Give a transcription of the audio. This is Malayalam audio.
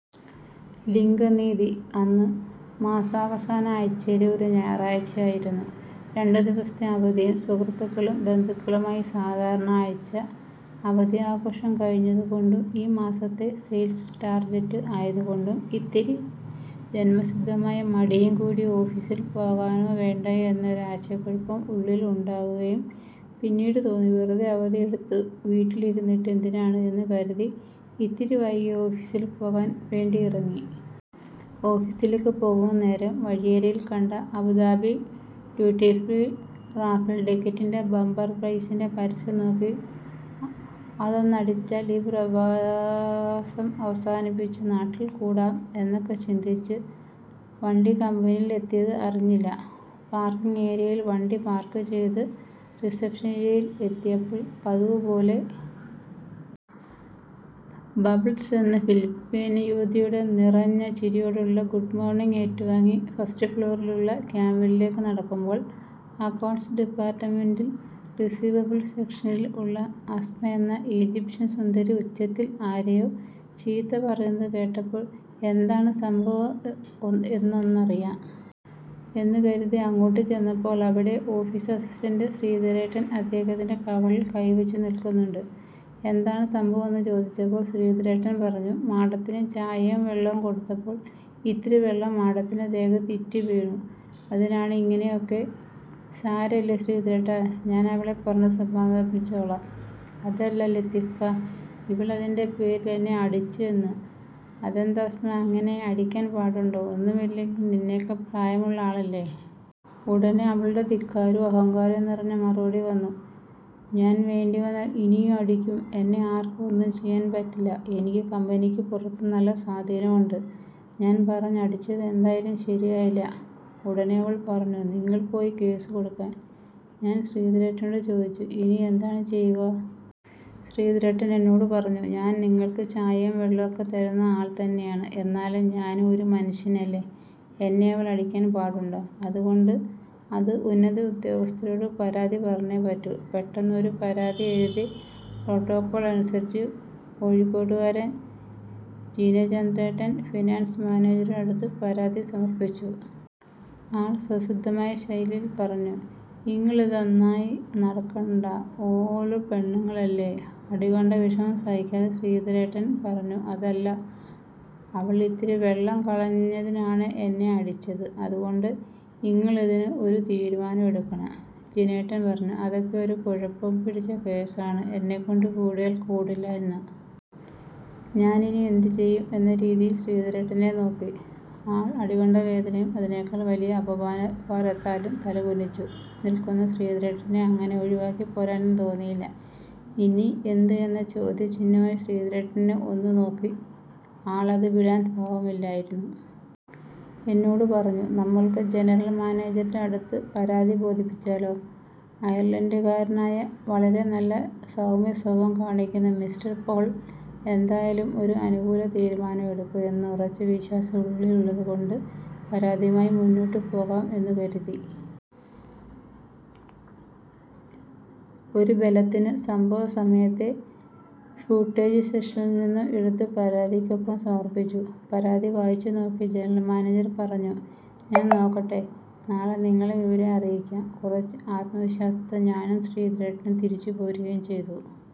ലിംഗനീതി അന്ന് മാസാവസാന ആഴ്ചയിലെ ഒരു ഞായറാഴ്ച ആയിരുന്നു. രണ്ടു ദിവസത്തെ അവധിയും സുഹൃത്തുക്കളും ബന്ധുക്കളുമായി സാധാരണ ആഴ്ച അവധി ആഘോഷം കഴിഞ്ഞത് കൊണ്ടും ഈ മാസത്തെ സെയിൽസ് ടാർജെറ്റ് ആയതുകൊണ്ടും ഇത്തിരി ജന്മസിദ്ധമായ മടിയും കൂടി ഓഫീസിൽ പോകണോ വേണ്ടയോ എന്ന ഒരു ആശയകുഴപ്പം ഉള്ളിൽ ഉണ്ടാവുകയും പിന്നീട് തോന്നി വെറുതെ അവധി എടുത്തു വീട്ടിൽ ഇരുന്നിട്ട് എന്തിനാണ് എന്ന് കരുതി ഇത്തിരി വൈകി ഓഫീസിൽ പോകാൻ വേണ്ടി ഇറങ്ങി. ഓഫീസിലേക്ക് പോകുന്നേരം വഴിയരികിൽ കണ്ട അബുദാബി ഡ്യൂട്ടിഫ്രീ റാഫിൾ ടിക്കറ്റിന്റെ ബമ്പർ പ്രൈസിന്റെ പരസ്യം നോക്കി അതൊന്നടിച്ചാൽ ഈ പ്രവാസം അവസാനിപ്പിച്ചു നാട്ടിൽ കൂടാം എന്നൊക്കെ ചിന്തിച്ചു വണ്ടി കമ്പനിയിൽ എത്തിയത് അറിഞ്ഞില്ല. പാർക്കിംഗ് ഏരിയയിൽ വണ്ടി പാർക്ക് ചെയ്ത് റിസപ്ഷൻ ഏരിയയിൽ എത്തിയപ്പോൾ പതിവുപോലെ ബബ്ൾസ് എന്ന ഫിലിപിനോ യുവതിയുടെ നിറഞ്ഞ ചിരിയോടെയുള്ള ഗുഡ് മോർണിംഗ് ഏറ്റു വാങ്ങി ഫസ്റ്റ് ഫ്ലോറിൽ ഉള്ള ക്യാബിനിലേക്ക് നടക്കുമ്പോൾ അക്കൗണ്ട്സ് ഡിപ്പാർട്മെന്റിൽ റിസീവബിൾ സെക്ഷനിൽ ഉള്ള അസ്മ എന്ന ഈജിപ്ഷൻ സുന്ദരി ഉച്ചത്തിൽ ആരെയോ ചീത്ത പറയുന്നത് കേട്ടപ്പോൾ എന്താണ് സംഭവം ഒ എന്ന് ഒന്നറിയാം എന്നു കരുതി അങ്ങോട്ട് ചെന്നപ്പോൾ അവിടെ ഓഫീസ് അസിസ്റ്റന്റ് ശ്രീധരേട്ടൻ അദ്ദേഹത്തിന്റെ കവിളിൽ കൈ വെച്ച് നിൽക്കുന്നുണ്ട്, എന്താണ് സംഭവം എന്ന് ചോദിച്ചപ്പോൾ ശ്രീധരേട്ടൻ പറഞ്ഞു, മാഡത്തിന് ചായയും വെള്ളവും കൊടുത്തപ്പോൾ ഇത്തിരി വെള്ളം മാഡത്തിന്റെ ദേഹത്ത് ഇറ്റിവീണു അതിനാണ് ഇങ്ങിനെ ഒക്കെ, സാരല്ല്യ ശ്രീധരേട്ടാ ഞാൻ അവളെ പറഞ്ഞു സമാധാനിപ്പിച്ചോളാം, അതല്ല ലത്തീഫ്ക്ക ഇവൾ അതിന്റെ പേരിൽ എന്നെ അടിച്ചു എന്ന്, അതെന്താ അസ്മ അങ്ങിനെ അടിക്കാൻ പാടുണ്ടോ ഒന്നുമില്ലെങ്കിലും നിന്നെക്കാൾ പ്രായമുള്ള ആളല്ലേ? ഉടനെ അവളുടെ ധിക്കാരവും അഹങ്കാരവും നിറഞ്ഞ മറുപടി വന്നു ഞാൻ വേണ്ടി വന്നാൽ ഇനിയും അടിക്കും എന്നെ ആർക്കും ഒന്നും ചെയ്യാൻ പറ്റില്ല എനിക്ക് കമ്പനിക്കു പുറത്തും നല്ല സ്വാധീനം ഉണ്ട്. ഞാൻ പറഞ്ഞു അടിച്ചത് എന്തായാലും ശരിയായില്ല, ഉടനെ അവൾ പറഞ്ഞു നിങ്ങൾ പോയി കേസ് കൊടുക്കാൻ, ഞാൻ ശ്രീധരേട്ടനോട് ചോദിച്ചു ഇനി എന്താണ് ചെയ്യുക. ശ്രീധരേട്ടൻ എന്നോട് പറഞ്ഞു ഞാൻ നിങ്ങൾക്ക് ചായയും വെള്ളവും ഒക്കെ തരുന്ന ആൾ തന്നെയാണ് എന്നാലും ഞാനും ഒരു മനുഷ്യനല്ലേ എന്നെ അവൾ അടിക്കാൻ പാടുണ്ടോ, അത്കൊണ്ട് അത് ഉന്നത ഉദ്യോഗസ്ഥൻമാരോട് പരാതി പറഞ്ഞേ പറ്റൂ, പെട്ടെന്ന് ഒരു പരാതി എഴുതി പ്രോട്ടോകോൾ അനുസരിച്ചു കോഴിക്കോടുകാരൻ ജിനചന്ദ്രേട്ടൻ, ഫിനാൻസ് മാനേജറുടെ അടുത്ത് പരാതി സമർപ്പിച്ചു. ആൾ സ്വതസിദ്ധമായ ശൈലിയിൽ പറഞ്ഞു ഇങ്ങള് ഇതൊന്നായി നടക്കണ്ട ഓല് പെണ്ണുങ്ങൾ അല്ലെ? അടികൊണ്ട് വിഷമം സഹിക്കാതെ ശ്രീധരേട്ടൻ പറഞ്ഞു അതല്ല, അവൾ ഇത്തിരി വെള്ളം കളഞ്ഞതിനാണ് എന്നെ അടിച്ചത് അത് കൊണ്ട് ഇങ്ങള് ഇതിന് ഒരു തീരുമാനം എടുക്കണം, ജിനേട്ടൻ പറഞ്ഞു അതൊക്ക ഒരു കുഴപ്പം പിടിച്ച കേസ് ആണ് എന്നെകൊണ്ട് കൂട്ടിയാൽ കൂടില്ല എന്ന്. ഞാൻ ഇനി എന്ത് ചെയ്യും എന്ന രീതിയിൽ ശ്രീധരേട്ടനെ നോക്കി, ആൾ അടികൊണ്ട വേദനയും അതിനേക്കാൾ വലിയ അപമാനഭാരത്താലും തല കുനിച്ചു നിൽക്കുന്ന ശ്രീധരേട്ടനെ അങ്ങനെ ഒഴിവാക്കി പോരാനും തോന്നിയില്ല, ഇനി എന്ത് എന്ന ചോദ്യ ചിഹ്നവുമായി ശ്രീധരേട്ടനെ ഒന്ന് നോക്കി ആൾ അത് വിടാൻ ഭാവമില്ലായിരുന്നു. എന്നോട് പറഞ്ഞു നമ്മൾക്കു ജനറൽ മാനേജർടെ അടുത്ത് പരാതി ബോധിപ്പിച്ചാലോ? അയർലൻഡ് കാരനായ വളരെ നല്ല സൗമ്യ സ്വഭാവം കാണിക്കുന്ന മിസ്റ്റർ പോൾ എന്തായാലും ഒരു അനുകൂല തീരുമാനം എടുക്കും എന്ന് ഉറച്ച വിശ്വാസം ഉള്ളിൽ ഉള്ളത് കൊണ്ട് പരാതിയുമായി മുന്നോട്ട് പോകാം എന്നു കരുതി. ഒരു ബലത്തിന് സംഭവ സമയത്തെ ഫൂട്ടേജ് സെക്ഷനിൽ നിന്നും എടുത്തു പരാതിക്കൊപ്പം സമർപ്പിച്ചു, പരാതി വായിച്ചു നോക്കി ജനറൽ മാനേജർ പറഞ്ഞു ഞാൻ നോക്കട്ടെ നാളെ നിങ്ങളെ വിവരം അറിയിക്കാം. കുറച്ച് ആത്മ വിശ്വാസത്തേ ഞാനും ശ്രീധരേട്ടനും തിരിച്ചു പോരുകയും ചെയ്തു.